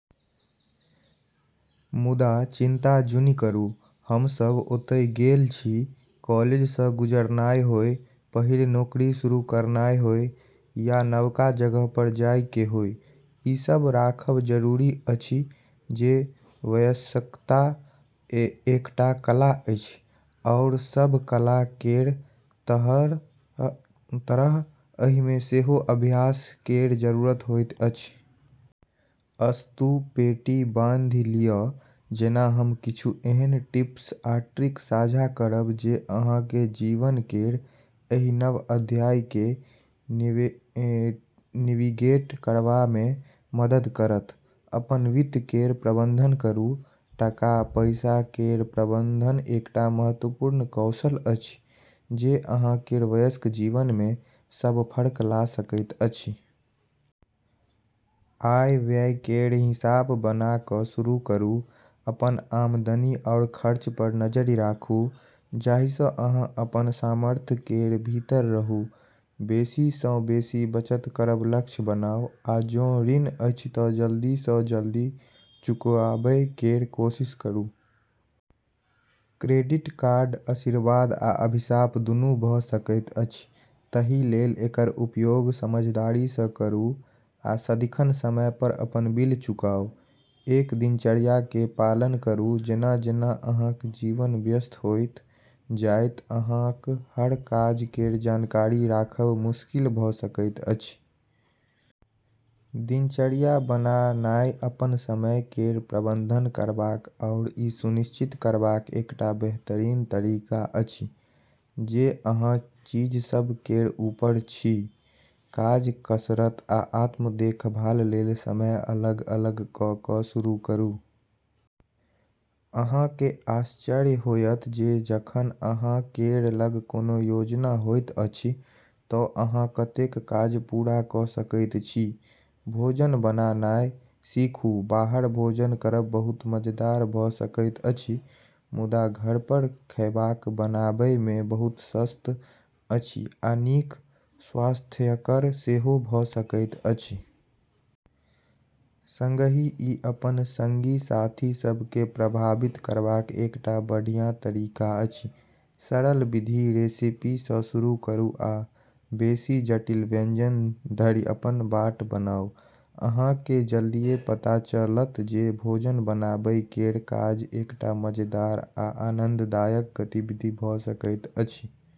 मुदा चिन्ता जुनि करू-हम सभ ओतय गेल छी। कॉलेज सँ गुजरनाय होय, पहिल नौकरी शुरू करनाय होय, या नवका जगह पर जाय केँ होय, ई याद राखब जरूरी अछि जे वयस्कता एकटा कला अछि, आओर सभ कला केर तरह एहि मे सेहो अभ्यास केर जरूरत होइत अछि। अस्तु, पेटी बाँधि लियऽ जेना हम किछु एहन टिप्स आ ट्रिक साझा करब जे अहाँ केँ जीवन केर एहि नव अध्याय केँ नेविगेट करबा मे मदद करत। अपन वित्त केर प्रबंधन करू। टका-पैसा केर प्रबंधन एकटा महत्वपूर्ण कौशल अछि जे अहाँ केर वयस्क जीवन मे सब फर्क ला सकैत अछि। आय-व्यय केर हिसाब बना कऽ शुरू करू, अपन आमदनी आओर खर्च पर नजरि राखू जाहि सँ अहाँ अपन सामर्थ्य केर भीतर रहू। बेसी सँ बेसी बचत करब लक्ष्य बनाऊ, आ जों ऋण अछि तँ जल्दी सँ जल्दी चुकाबै केर कोशिश करू। क्रेडिट कार्ड आशीर्वाद आ अभिशाप दुनू भऽ सकैत अछि, ताहि लेल एकर उपयोग समझदारी सँ करू आ सदिखन समय पर अपन बिल चुकाऊ। एक दिनचर्या केर पालन करू। जेना-जेना अहाँक जीवन व्यस्त होइत जायत, अहाँक हर काज केर जानकारी राखब मुश्किल भऽ सकैत अछि। दिनचर्या बनानाइ अपन समय केर प्रबंधन करबाक आओर ई सुनिश्चित करबाक एकटा बेहतरीन तरीका अछि जे अहाँ चीज सभ केर ऊपर छी। काज, कसरत, आ आत्म-देखभाल लेल समय अलग कऽ कऽ शुरू करू। अहाँ केँ आश्चर्य होयत जे जखन अहाँ केर लग कोनो योजना होइत अछि तँ अहाँ कतेक काज पूरा कऽ सकैत छी। भोजन बनानाइ सीखू। बाहर भोजन करब बहुत मजेदार भऽ सकैत अछि, मुदा घर पर खैबाक बनाबै मे बहुत सस्त अछि आ नीक स्वास्थ्यकर सेहो भऽ सकैत अछि। संगहि, ई अपन संगी-साथी सभ केँ प्रभावित करबाक एकटा बढ़िया तरीका अछि! सरल विधि रेसिपी सँ शुरू करू आ बेसी जटिल व्यंजन धरि अपन बाट बनाऊ। अहाँ केँ जल्दिये पता चलत जे भोजन बनाबै केर काज एकटा मजेदार आ आनंददायक गतिविधि भऽ सकैत अछि।